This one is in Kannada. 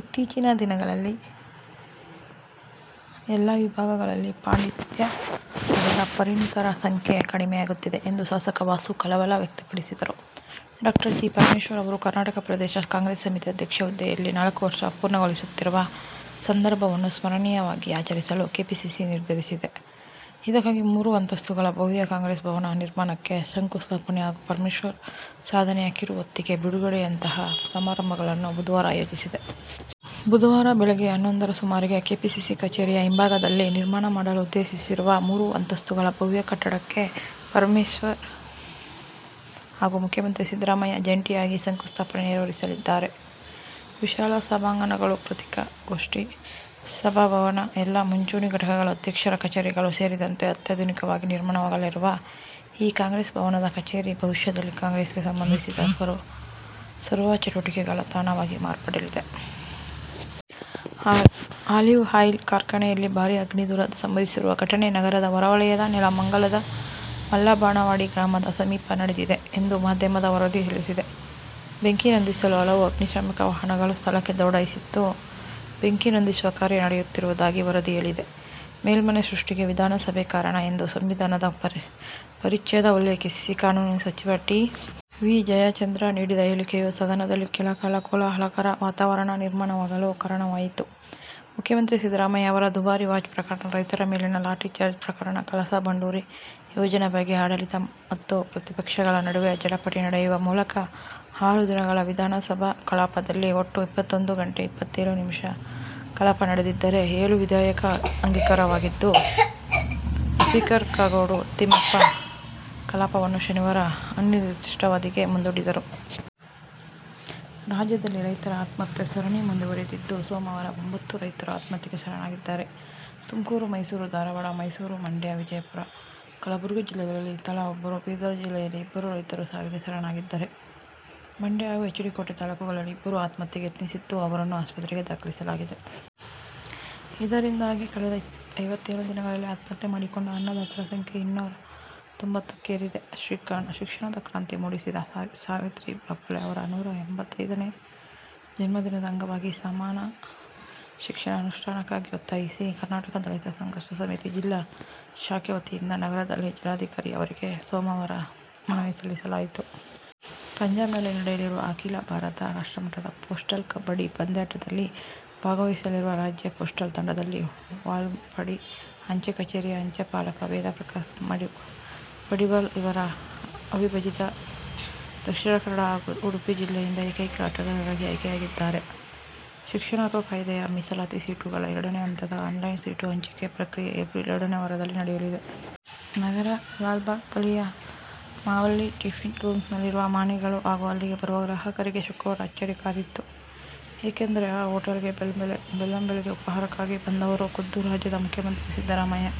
ಇತ್ತೀಚಿನ ದಿನಗಳಲ್ಲಿ ಎಲ್ಲಾ ವಿಭಾಗಗಳಲ್ಲಿ ಪಾಂಡಿತ್ಯ ಪಡೆದ ಪರಿಣಿತರ ಸಂಖ್ಯೆ ಕಡಿಮೆಯಾಗುತ್ತಿದೆ ಎಂದು ಶಾಸಕ ವಾಸು ಕಳವಳ ವ್ಯಕ್ತಪಡಿಸಿದರು. ಡಾ ಜಿ. ಪರಮೇಶ್ವರ್ ಅವರು ಕರ್ನಾಟಕ ಪ್ರದೇಶ ಕಾಂಗ್ರೆಸ್ ಸಮಿತಿ ಅಧ್ಯಕ್ಷ ಹುದ್ದೆಯಲ್ಲಿ ನಾಲ್ಕು ವರ್ಷ ಪೂರ್ಣಗೊಳಿಸುತ್ತಿರುವ ಸಂದರ್ಭವನ್ನು ಸ್ಮರಣೀಯವಾಗಿ ಆಚರಿಸಲು ಕೆಪಿಸಿಸಿ ನಿರ್ಧರಿಸಿದೆ. ಇದಕ್ಕಾಗಿ ಮೂರು ಅಂತಸ್ತುಗಳ ಭವ್ಯ ಕಾಂಗ್ರೆಸ್ ಭವನ ನಿರ್ಮಾಣಕ್ಕೆ ಶಂಕು ಸ್ಥಾಪನೆ ಹಾಗೂ ಪರಮೇಶ್ವರ್ ಸಾಧನೆಯ ಕಿರು ಹೊತ್ತಿಗೆ ಬಿಡುಗಡೆಯಂತಹ ಸಮಾರಂಭಗಳನ್ನು ಬುಧವಾರ ಆಯೋಜಿಸಿದೆ. ಬುಧವಾರ ಬೆಳಗ್ಗೆ ಹನ್ನೊಂದರ ಸುಮಾರಿಗೆ ಕೆಪಿಸಿಸಿ ಕಚೇರಿಯ ಹಿಂಭಾಗದಲ್ಲಿ ನಿರ್ಮಾಣ ಮಾಡಲು ಉದ್ದೇಶಿಸಿರುವ ಮೂರು ಅಂತಸ್ತುಗಳ ಭವ್ಯ ಕಟ್ಟಡಕ್ಕೆ ಪರಮೇಶ್ವರ್ ಹಾಗೂ ಮುಖ್ಯಮಂತ್ರಿ ಸಿದ್ದರಾಮಯ್ಯ ಜಂಟಿಯಾಗಿ ಶಂಕುಸ್ಥಾಪನೆ ನೆರವೇರಿಸಲಿದ್ದಾರೆ. ವಿಶಾಲ ಸಭಾಂಗಣಗಳು, ಪತ್ರಿಕಾಗೋಷ್ಠಿ ಸಭಾಭವನ, ಎಲ್ಲಾ ಮಂಚೂಣಿ ಘಟಕಗಳ ಅಧ್ಯಕ್ಷರ ಕಚೇರಿಗಳು ಸೇರಿದಂತೆ ಅತ್ಯಾಧುನಿಕವಾಗಿ ನಿರ್ಮಾಣವಾಗಲಿರುವ ಈ ಕಾಂಗ್ರೆಸ್ ಭವನದ ಕಚೇರಿ ಭವಿಷ್ಯದಲ್ಲಿ ಕಾಂಗ್ರೆಸ್ಗೆ ಸಂಬಂಧಿಸಿದ ಸರ್ವ ಚಟುವಟಿಕೆಗಳ ತಾಣವಾಗಿ ಮಾರ್ಪಡಲಿದೆ. ಆಲಿವ್ ಆಯಿಲ್ ಕಾರ್ಖಾನೆಯಲ್ಲಿ ಭಾರೀ ಅಗ್ನಿ ದುರಂತ ಸಂಭವಿಸಿರುವ ಘಟನೆ ನಗರದ ಹೊರವಲಯದ ನೆಲಮಂಗಲದ ಮಲ್ಲಬಾನವಾಡಿ ಗ್ರಾಮದ ಸಮೀಪ ನಡೆದಿದೆ ಎಂದು ಮಾಧ್ಯಮದ ವರದಿ ತಿಳಿಸಿದೆ. ಬೆಂಕಿ ನಂದಿಸಲು ಹಲವು ಅಗ್ನಿಶಾಮಕ ವಾಹನಗಳು ಸ್ಥಳಕ್ಕೆ ದೌಡಾಯಿಸಿದ್ದು, ಬೆಂಕಿ ನಂದಿಸುವ ಕಾರ್ಯ ನಡೆಯುತ್ತಿರುವುದಾಗಿ ವರದಿ ಹೇಳಿದೆ. ಮೇಲ್ಮನೆ ಸೃಷ್ಟಿಗೆ ವಿಧಾನಸಭೆ ಕಾರಣ ಎಂದು ಸಂವಿಧಾನದ ಪರಿಚ್ಛೇದ ಉಲ್ಲೇಖೀಸಿ ಕಾನೂನು ಸಚಿವ ಟಿ. ಬಿ ಜಯಚಂದ್ರ ನೀಡಿದ ಹೇಳಿಕೆಯು ಸದನದಲ್ಲಿ ಕೆಲಕಾಲ ಕೋಲಾಹಲಕರ ವಾತಾವರಣ ನಿರ್ಮಾಣವಾಗಲು ಕಾರಣವಾಯಿತು. ಮುಖ್ಯಮಂತ್ರಿ ಸಿದ್ದರಾಮಯ್ಯ ಅವರ ದುಬಾರಿ ವಾಚ್ ಪ್ರಕರಣ, ರೈತರ ಮೇಲಿನ ಲಾಠಿ ಚಾರ್ಜ್ ಪ್ರಕರಣ, ಕಳಸಾ ಬಂಡೂರಿ ಯೋಜನೆ ಬಗ್ಗೆ ಆಡಳಿತ ಮತ್ತು ಪ್ರತಿಪಕ್ಷಗಳ ನಡುವೆ ಜಟಾಪಟಿ ನಡೆಯುವ ಮೂಲಕ ಆರು ದಿನಗಳ ವಿಧಾನಸಭಾ ಕಲಾಪದಲ್ಲಿ ಒಟ್ಟು ಇಪ್ಪತ್ತೊಂದು ಗಂಟೆ ಇಪ್ಪತ್ತೇಳು ನಿಮಿಷ ಕಲಾಪ ನಡೆದಿದ್ದರೆ, ಏಳು ವಿಧೇಯಕ ಅಂಗೀಕಾರವಾಗಿದ್ದು, ಸ್ಪೀಕರ್ ಕಾಗೋಡು ತಿಮ್ಮಪ್ಪ ಕಲಾಪವನ್ನು ಶನಿವಾರ ಅನಿರ್ದಿಷ್ಟಾವಧಿಗೆ ಮುಂದೂಡಿದರು. ರಾಜ್ಯದಲ್ಲಿ ರೈತರ ಆತ್ಮಹತ್ಯೆ ಸರಣಿ ಮುಂದುವರಿದಿದ್ದು ಸೋಮವಾರ ಒಂಬತ್ತು ರೈತರು ಆತ್ಮಹತ್ಯೆಗೆ ಶರಣಾಗಿದ್ದಾರೆ. ತುಮಕೂರು, ಮೈಸೂರು, ಧಾರವಾಡ, ಮೈಸೂರು, ಮಂಡ್ಯ, ವಿಜಯಪುರ, ಕಲಬುರಗಿ ಜಿಲ್ಲೆಗಳಲ್ಲಿ ತಲಾ ಒಬ್ಬರು, ಬೀದರ್ ಜಿಲ್ಲೆಯಲ್ಲಿ ಇಬ್ಬರು ರೈತರು ಸಾವಿಗೆ ಶರಣಾಗಿದ್ದರೆ, ಮಂಡ್ಯ ಹಾಗೂ ಎಚ್. ಡಿ. ಕೋಟೆ ತಾಲೂಕುಗಳಲ್ಲಿ ಇಬ್ಬರು ಆತ್ಮಹತ್ಯೆಗೆ ಯತ್ನಿಸಿದ್ದು, ಅವರನ್ನು ಆಸ್ಪತ್ರೆಗೆ ದಾಖಲಿಸಲಾಗಿದೆ. ಇದರಿಂದಾಗಿ ಕಳೆದ ಐವತ್ತೇಳು ದಿನಗಳಲ್ಲಿ ಆತ್ಮಹತ್ಯೆ ಮಾಡಿಕೊಂಡ ಅನ್ನದಾತರ ಸಂಖ್ಯೆ ಇನ್ನೂರ ತೊಂಬತ್ತೊಂದಕ್ಕೇರಿದೆ ಶಿಕ್ಷಣದ ಕ್ರಾಂತಿ ಮೂಡಿಸಿದ ಸಾವಿತ್ರಿಬಾಪುಲೆ ಅವರ ನೂರ ಎಂಬತ್ತೈದನೇ ಜನ್ಮದಿನದ ಅಂಗವಾಗಿ ಸಮಾನ ಶಿಕ್ಷಣ ಅನುಷ್ಠಾನಕ್ಕಾಗಿ ಒತ್ತಾಯಿಸಿ ಕರ್ನಾಟಕ ದಲಿತ ಸಂಘರ್ಷ ಸಮಿತಿ ಜಿಲ್ಲಾ ಶಾಖೆ ವತಿಯಿಂದ ನಗರದಲ್ಲಿಜಿಲ್ಲಾಧಿಕಾರಿಯವರಿಗೆ ಸೋಮವಾರ ಮನವಿ ಸಲ್ಲಿಸಲಾಯಿತು. ಪಂಜಾಬ್ನಲ್ಲಿ ನಡೆಯಲಿರುವ ಅಖೀಲ ಭಾರತ ರಾಷ್ಟ್ರಮಟ್ಟದ ಪೋಸ್ಟಲ್ ಕಬಡ್ಡಿ ಪಂದ್ಯಾಟದಲ್ಲಿ ಭಾಗವಹಿಸಲಿರುವ ರಾಜ್ಯ ಪೋಸ್ಟಲ್ ತಂಡದಲ್ಲಿ ವಾಲ್ಪಾಡಿ ಅಂಚೆ ಕಛೇರಿಯ ಅಂಚೆ ಪಾಲಕ ವೇದ ಪ್ರಕಾಶ್ ಪಡಿವಾಳ್ ಇವರು ಅವಿಭಜಿತ ದ. ಕ. ಹಾಗೂ ಉಡುಪಿ ಜಿಲ್ಲೆಯಿಂದ ಏಕೈಕ ಆಟಗಾರರಾಗಿ ಆಯ್ಕೆಯಾಗಿದ್ದಾರೆ. ಶಿಕ್ಷಣ ಹಕ್ಕು ಕಾಯ್ದೆ ಯ ಮೀಸಲಾತಿ ಸೀಟುಗಳ ಎರಡನೇ ಹಂತದ ಆನ್ಲೈನ್ ಸೀಟು ಹಂಚಿಕೆ ಪ್ರಕ್ರಿಯೆ ಏಪ್ರಿಲ್ ಎರಡನೇ ವಾರದಲ್ಲಿ ನಡೆಯಲಿದೆ. ನಗರದ ಲಾಲ್ಬಾಗ್ ಬಳಿಯ ಮಾವಳ್ಳಿ ಟಿಫಿನ್ ರೂಮ್ಸ್ ನಲ್ಲಿರುವ ಮಾಣಿಗಳು ಹಾಗೂ ಅಲ್ಲಿಗೆ ಬರುವ ಗ್ರಾಹಕರಿಗೆ ಶುಕ್ರವಾರ ಅಚ್ಚರಿ ಕಾದಿತ್ತು. ಏಕೆಂದರೆ, ಆ ಹೊಟೇಲ್ಗೆ ಬೆಳ್ಳಂಬೆಳಗ್ಗೆ ಉಪಾಹಾರಕ್ಕಾಗಿ ಬಂದವರು ಖುದ್ದು ರಾಜ್ಯದ ಮುಖ್ಯಮಂತ್ರಿ ಸಿದ್ದರಾಮಯ್ಯ